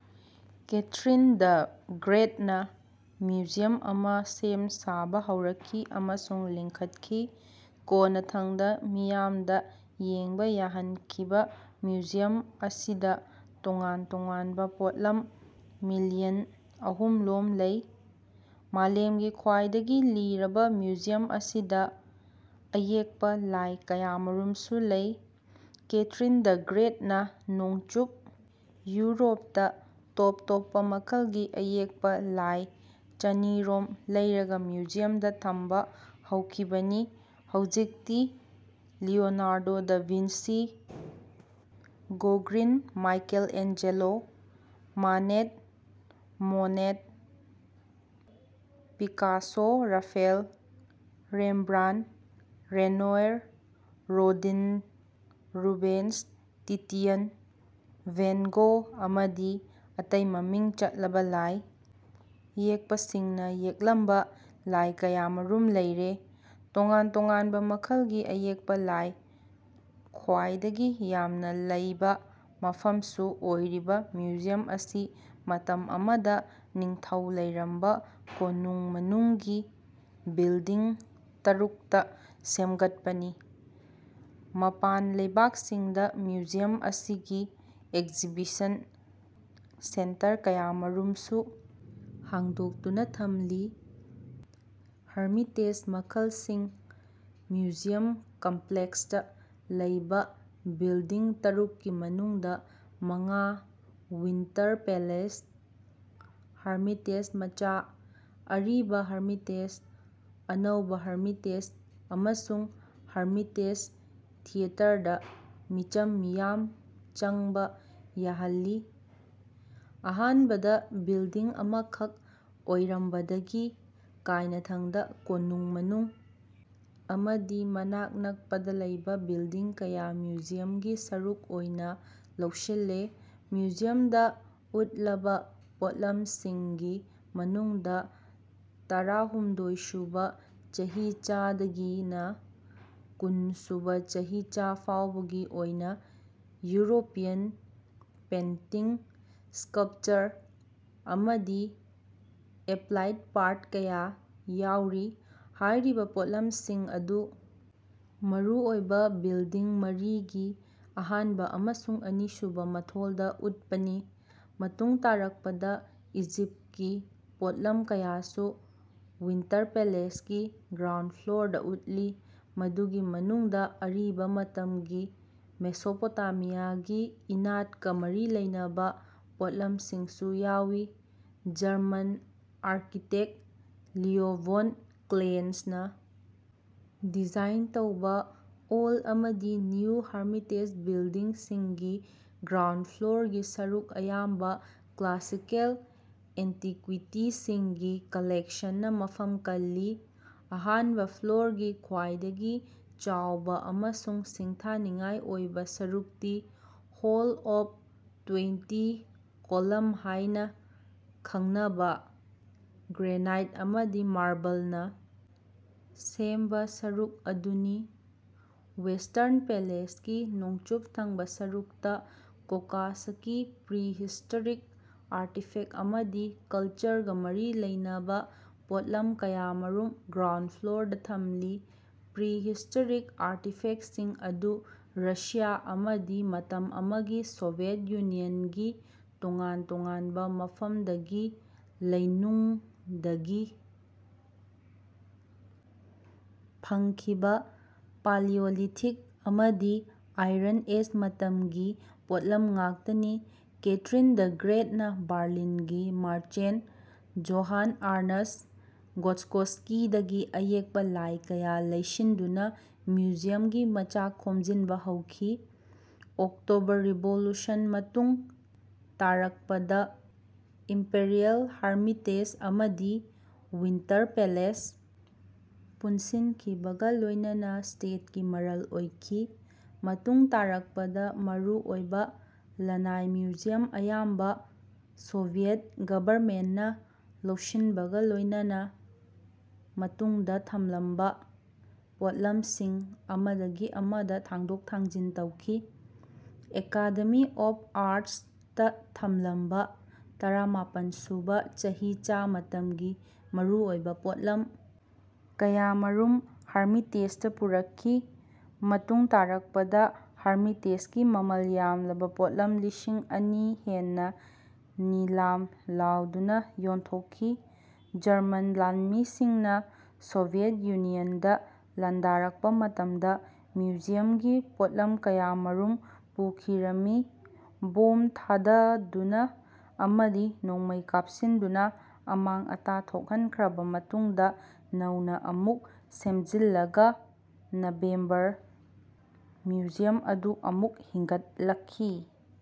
Catherine the ꯒ꯭ꯔꯦꯠꯅ ꯃ꯭ꯌꯨꯖꯤꯌꯝ ꯑꯃꯥ ꯁꯦꯝ-ꯁꯥꯕ ꯍꯧꯔꯛꯈꯤ ꯑꯃꯁꯨꯡ ꯂꯤꯡꯈꯠꯈꯤ꯫ꯀꯣꯟꯅꯊꯪꯗ ꯃꯤꯌꯥꯝꯗ ꯌꯦꯡꯕ ꯌꯥꯍꯟꯈꯤꯕ ꯃ꯭ꯌꯨꯖꯤꯌꯝ ꯑꯁꯤꯗ ꯇꯣꯉꯥꯟ ꯇꯣꯉꯥꯟꯕ ꯄꯣꯠꯂꯝ ꯃꯤꯂꯤꯌꯟ ꯑꯍꯨꯝꯂꯣꯝ ꯂꯩ꯫ ꯃꯥꯂꯦꯝꯒꯤ ꯈ꯭ꯋꯥꯏꯗꯒꯤ ꯂꯤꯔꯕ ꯃ꯭ꯌꯨꯖꯤꯌꯝ ꯑꯁꯤꯗ ꯑꯌꯦꯛꯄ ꯂꯥꯏ ꯀꯌꯥꯃꯔꯨꯝꯁꯨ ꯂꯩ꯫ ꯀꯦꯊ꯭ꯔꯤꯟ ꯗ ꯒ꯭ꯔꯦꯠꯅ ꯅꯣꯡꯆꯨꯞ ꯌꯨꯔꯣꯞꯇ ꯇꯣꯞ ꯇꯣꯞꯄ ꯃꯈꯜꯒꯤ ꯑꯌꯦꯛꯄ ꯂꯥꯏ ꯆꯅꯤꯔꯣꯝ ꯂꯩꯔꯒ ꯃ꯭ꯌꯨꯖꯤꯌꯝꯗ ꯊꯝꯕ ꯍꯧꯈꯤꯕꯅꯤ꯫ ꯍꯧꯖꯤꯛꯇꯤ Leonardo da Vinci, Gauguin Michelangelo, Manet, Monet, Picasso Raphael, Rembrandt, Renoir, Rodin Rubens, Titian, van Gogh ꯑꯃꯗꯤ ꯑꯇꯩ ꯃꯃꯤꯡ ꯆꯠꯂꯕ ꯂꯥꯏ ꯌꯦꯛꯄꯁꯤꯡꯅ ꯌꯦꯛꯂꯝꯕ ꯂꯥꯏ ꯀꯌꯥꯃꯔꯨꯝ ꯂꯩꯔꯦ꯫ ꯇꯣꯉꯥꯟ ꯇꯣꯉꯥꯟꯕ ꯃꯈꯜꯒꯤ ꯑꯌꯦꯛꯄ ꯂꯥꯏ ꯈ꯭ꯋꯥꯏꯗꯒꯤ ꯌꯥꯝꯅ ꯂꯩꯕ ꯃꯐꯝꯁꯨ ꯑꯣꯏꯔꯤꯕ ꯃ꯭ꯌꯨꯖꯤꯌꯝ ꯑꯁꯤ ꯃꯇꯝ ꯑꯃꯗ ꯅꯤꯡꯊꯧꯅ ꯂꯩꯔꯝꯕ ꯀꯣꯅꯨꯡ ꯃꯅꯨꯡꯒꯤ ꯕꯤꯜꯗꯤꯡ ꯇꯔꯨꯛꯇ ꯁꯦꯝꯒꯠꯄꯅꯤ꯫ ꯃꯄꯥꯟ ꯂꯩꯕꯥꯛꯁꯤꯡꯗ ꯃ꯭ꯌꯨꯖꯤꯌꯝ ꯑꯁꯤꯒꯤ ꯑꯦꯛꯖꯤꯕꯤꯁꯟ ꯁꯦꯟꯇꯔ ꯀꯌꯥꯃꯔꯨꯝꯁꯨ ꯍꯥꯡꯗꯣꯛꯇꯨꯅ ꯊꯝꯂꯤ꯫ ꯍꯔꯃꯤꯇꯦꯖ ꯃꯈꯜꯁꯤꯡ ꯃ꯭ꯌꯨꯖꯤꯌꯝ ꯀꯝꯄ꯭ꯂꯦꯛꯁꯇ ꯂꯩꯕ ꯕꯤꯜꯗꯤꯡ ꯇꯔꯨꯛꯀꯤ ꯃꯅꯨꯡꯗ ꯃꯉꯥ ꯋꯤꯟꯇꯔ ꯄꯦꯂꯦꯁ, ꯍꯔꯃꯤꯇꯦꯖ ꯃꯆꯥ, ꯑꯔꯤꯕ ꯍꯔꯃꯤꯇꯦꯖ, ꯑꯅꯧꯕ ꯍꯥꯔꯃꯤꯇꯦꯖ ꯑꯃꯁꯨꯡ ꯍꯔꯃꯤꯇꯦꯖ ꯊꯤꯑꯦꯇꯔꯗ ꯃꯤꯆꯝ ꯃꯤꯌꯥꯝ ꯆꯪꯕ ꯌꯥꯍꯜꯂꯤ꯫ ꯑꯍꯥꯟꯕꯗ ꯕꯤꯜꯗꯤꯡ ꯑꯃꯈꯛ ꯑꯣꯏꯔꯝꯕꯗꯒꯤ ꯀꯥꯏꯅꯊꯪꯗ ꯀꯣꯅꯨꯡ ꯃꯅꯨꯡ ꯑꯃꯗꯤ ꯃꯅꯥꯛ ꯅꯛꯄꯗ ꯂꯩꯕ ꯕꯤꯜꯗꯤꯡ ꯀꯌꯥ ꯃ꯭ꯌꯨꯖꯤꯌꯝꯒꯤ ꯁꯔꯨꯛ ꯑꯣꯏꯅ ꯂꯧꯁꯤꯜꯂꯦ꯫ ꯃ꯭ꯌꯨꯖꯤꯌꯝꯗ ꯎꯠꯂꯕ ꯄꯣꯠꯂꯝꯁꯤꯡꯒꯤ ꯃꯅꯨꯡꯗ ꯇꯔꯥꯍꯨꯝꯗꯣꯏ ꯁꯨꯕ ꯆꯍꯤꯆꯥꯗꯒꯤꯅ ꯀꯨꯟ ꯁꯨꯕ ꯆꯍꯤꯆꯥ ꯐꯥꯎꯕꯒꯤ ꯑꯣꯏꯅ ꯌꯨꯔꯣꯄꯤꯌꯥꯟ ꯄꯦꯟꯇꯤꯡ ꯁ꯭ꯀꯜꯄꯆꯔ ꯑꯃꯗꯤ ꯑꯦꯄ꯭ꯂꯥꯏꯗ ꯄꯥꯔꯠ ꯀꯌꯥ ꯌꯥꯎꯔꯤ꯫ ꯍꯥꯏꯔꯤꯕ ꯄꯣꯠꯂꯝꯁꯤꯡ ꯑꯗꯨ ꯃꯔꯨꯑꯣꯏꯕ ꯕꯤꯜꯗꯤꯡ ꯃꯔꯤꯒꯤ ꯑꯍꯥꯟꯕ ꯑꯃꯁꯨꯡ ꯑꯅꯤꯁꯨꯕ ꯃꯊꯣꯜꯗ ꯎꯠꯄꯅꯤ꯫ ꯃꯇꯨꯡ ꯇꯥꯔꯛꯄꯗ ꯏꯖꯤꯞꯀꯤ ꯄꯣꯠꯂꯝ ꯀꯌꯥꯁꯨ ꯋꯤꯟꯇꯔ ꯄꯦꯂꯦꯁꯀꯤ ꯒ꯭ꯔꯥꯎꯟ ꯐ꯭ꯂꯣꯔꯗ ꯎꯠꯂꯤ꯫ ꯃꯗꯨꯒꯤ ꯃꯅꯨꯡꯗ ꯑꯤꯔꯕ ꯃꯇꯝꯒꯤ ꯃꯦꯁꯣꯄꯣꯇꯥꯃꯤꯌꯥꯒꯤ ꯏꯅꯥꯠꯀ ꯃꯔꯤ ꯂꯩꯅꯕ ꯄꯣꯠꯂꯝꯁꯤꯡꯁꯨ ꯌꯥꯎꯏ꯫ German architect Leo von Klenze design ꯇꯧꯕ ꯑꯣꯜ ꯑꯃꯗꯤ ꯅ꯭ꯌꯨ ꯍꯔꯃꯤꯇꯦꯖ ꯕꯤꯜꯗꯤꯡꯁꯤꯡꯒꯤ ꯒ꯭ꯔꯥꯎꯟ ꯐ꯭ꯂꯣꯔꯒꯤ ꯁꯔꯨꯛ ꯑꯌꯥꯝꯕ ꯀ꯭ꯂꯥꯁꯤꯀꯦꯜ ꯑꯦꯟꯇꯤꯀ꯭ꯋꯤꯇꯤꯁꯤꯡꯒꯤ ꯀꯂꯦꯛꯁꯟꯅ ꯃꯐꯝ ꯀꯜꯂꯤ꯫ ꯑꯍꯥꯟꯕ ꯐ꯭ꯂꯣꯔꯒꯤ ꯈ꯭ꯋꯥꯏꯗꯒꯤ ꯆꯥꯎꯕ ꯑꯃꯁꯨꯡ ꯁꯤꯡꯊꯥꯅꯤꯡꯉꯥꯏ ꯑꯣꯏꯕ ꯁꯔꯨꯛꯇꯤ ꯍꯣꯜ ꯑꯣꯞ ꯇ꯭ꯋꯦꯟꯇꯤ ꯀꯣꯂꯝ ꯍꯥꯏꯅ ꯈꯪꯅꯕ ꯒ꯭ꯔꯦꯅꯥꯏꯠ ꯑꯃꯗꯤ ꯃꯥꯔꯕꯜꯅ ꯁꯦꯝꯕ ꯁꯔꯨꯛ ꯑꯗꯨꯅꯤ꯫ ꯋꯦꯁꯇ꯭ꯔꯟ ꯄꯦꯂꯦꯁꯀꯤ ꯅꯣꯡꯆꯨꯞ ꯊꯪꯕ ꯁꯔꯨꯛꯇ ꯀꯣꯀꯥꯁꯁꯀꯤ ꯄ꯭ꯔꯤꯍꯤꯁꯇꯣꯔꯤꯛ ꯑꯥꯔꯇꯤꯐꯦꯛ ꯑꯃꯗꯤ ꯀꯜꯆꯔꯒ ꯃꯔꯤ ꯂꯩꯅꯕ ꯄꯣꯠꯂꯝ ꯀꯌꯥꯃꯔꯨꯝ ꯒ꯭ꯔꯥꯎꯟ ꯐ꯭ꯂꯣꯔꯗ ꯊꯝꯂꯤ꯫ ꯄ꯭ꯔꯤꯍꯤꯁꯇꯣꯔꯤꯛ ꯑꯥꯔꯇꯤꯐꯦꯛꯁꯤꯡ ꯑꯗꯨ ꯔꯁꯤꯌꯥ ꯑꯃꯗꯤ ꯃꯇꯝ ꯑꯃꯒꯤ ꯁꯣꯚꯤꯑꯦꯠ ꯌꯨꯅꯤꯌꯟꯒꯤ ꯇꯣꯉꯥꯟ ꯇꯣꯉꯥꯟꯕ ꯃꯐꯝꯗꯒꯤ ꯂꯩꯅꯨꯡꯗꯒꯤ ꯐꯪꯈꯤꯕ ꯄꯥꯂꯤꯑꯣꯂꯤꯊꯤꯛ ꯑꯃꯗꯤ ꯑꯥꯏꯔꯟ ꯑꯦꯖ ꯃꯇꯝꯒꯤ ꯄꯣꯠꯂꯝ ꯉꯥꯛꯇꯅꯤ꯫ ꯀꯦꯊ꯭ꯔꯤꯟ ꯗ ꯒ꯭ꯔꯦꯠꯅ ꯕꯔꯂꯤꯟꯒꯤ ꯃꯥꯔꯆꯦꯟꯠ ꯖꯣꯍꯥꯟ ꯑꯔꯅꯁ ꯒꯣꯠꯁꯀꯣꯁꯀꯤꯗꯒꯤ ꯑꯌꯦꯛꯄ ꯂꯥꯏ ꯀꯌꯥ ꯂꯩꯁꯤꯟꯗꯨꯅ ꯃ꯭ꯌꯨꯖꯤꯌꯝꯒꯤ ꯃꯆꯥꯛ ꯈꯣꯝꯖꯤꯟꯕ ꯍꯧꯈꯤ꯫ ꯑꯣꯛꯇꯣꯕꯔ ꯔꯤꯚꯣꯂꯨꯁꯟ ꯃꯇꯨꯡ ꯇꯥꯔꯛꯄꯗ ꯏꯝꯄꯔꯤꯑꯦꯜ ꯍꯥꯔꯃꯤꯇꯦꯖ ꯑꯃꯗꯤ ꯋꯤꯟꯇꯔ ꯄꯦꯂꯦꯁ ꯄꯨꯟꯁꯤꯟꯈꯤꯕꯒ ꯂꯣꯏꯅꯅ ꯁ꯭ꯇꯦꯠꯀꯤ ꯃꯔꯜ ꯑꯣꯏꯈꯤ꯫ ꯃꯇꯨꯡ ꯇꯥꯔꯛꯄꯗ ꯃꯔꯨꯑꯣꯏꯕ ꯂꯟꯅꯥꯏ ꯃ꯭ꯌꯨꯖꯤꯌꯝ ꯑꯌꯥꯝꯕ ꯁꯣꯚꯤꯑꯦꯠ ꯒꯚꯔꯃꯦꯟꯠꯅ ꯂꯧꯁꯤꯟꯕꯒ ꯂꯣꯏꯅꯅ ꯃꯇꯨꯡꯗ ꯊꯝꯂꯝꯕ ꯄꯣꯠꯂꯝꯁꯤꯡ ꯑꯃꯗꯒꯤ ꯑꯃꯗ ꯊꯥꯡꯗꯣꯛ ꯊꯥꯡꯖꯤꯟ ꯇꯧꯈꯤ꯫ ꯑꯦꯀꯥꯗꯦꯃꯤ ꯑꯣꯐ ꯑꯥꯔꯠꯁꯇ ꯊꯝꯂꯝꯕ ꯇꯔꯥꯃꯥꯄꯟ ꯁꯨꯕ ꯆꯍꯤꯆꯥ ꯃꯇꯝꯒꯤ ꯃꯔꯨꯑꯣꯏꯕ ꯄꯣꯠꯂꯝ ꯀꯌꯥꯃꯔꯨꯝ ꯍꯔꯃꯤꯇꯦꯖꯗ ꯄꯨꯔꯛꯈꯤ꯫ ꯃꯇꯨꯡ ꯇꯥꯔꯛꯄꯗ ꯍꯔꯃꯤꯇꯦꯖꯒꯤ ꯃꯃꯜ ꯌꯥꯝꯂꯕ ꯄꯣꯠꯂꯝ ꯂꯤꯁꯤꯡ ꯑꯅꯤ ꯍꯦꯟꯅ ꯅꯤꯂꯥꯝ ꯂꯥꯎꯗꯨꯅ ꯌꯣꯟꯊꯣꯛꯈꯤ꯫ ꯖꯔꯃꯟ ꯂꯥꯟꯃꯤꯁꯤꯡꯅ ꯁꯣꯚꯤꯑꯦꯠ ꯌꯨꯅꯤꯌꯟꯗ ꯂꯥꯟꯗꯥꯔꯛꯄ ꯃꯇꯝꯗ ꯃ꯭ꯌꯨꯖꯤꯌꯝꯒꯤ ꯄꯣꯠꯂꯝ ꯀꯌꯥꯃꯔꯨꯝ ꯄꯨꯈꯤꯔꯝꯃꯤ꯫ ꯕꯣꯝ ꯊꯥꯗꯗꯨꯅ ꯑꯃꯗꯤ ꯅꯣꯡꯃꯩ ꯀꯥꯞꯁꯤꯟꯗꯨꯅ ꯑꯃꯥꯡ ꯑꯇꯥ ꯊꯣꯛꯍꯟꯈ꯭ꯔꯕ ꯃꯇꯨꯡꯗ ꯅꯧꯅ ꯑꯃꯨꯛ ꯁꯦꯝꯖꯤꯜꯂꯒ ꯅꯕꯦꯝꯕꯔ ꯃ꯭ꯌꯨꯖꯤꯌꯝ ꯑꯗꯨ ꯑꯃꯨꯛ ꯍꯤꯡꯒꯠꯂꯛꯈꯤ꯫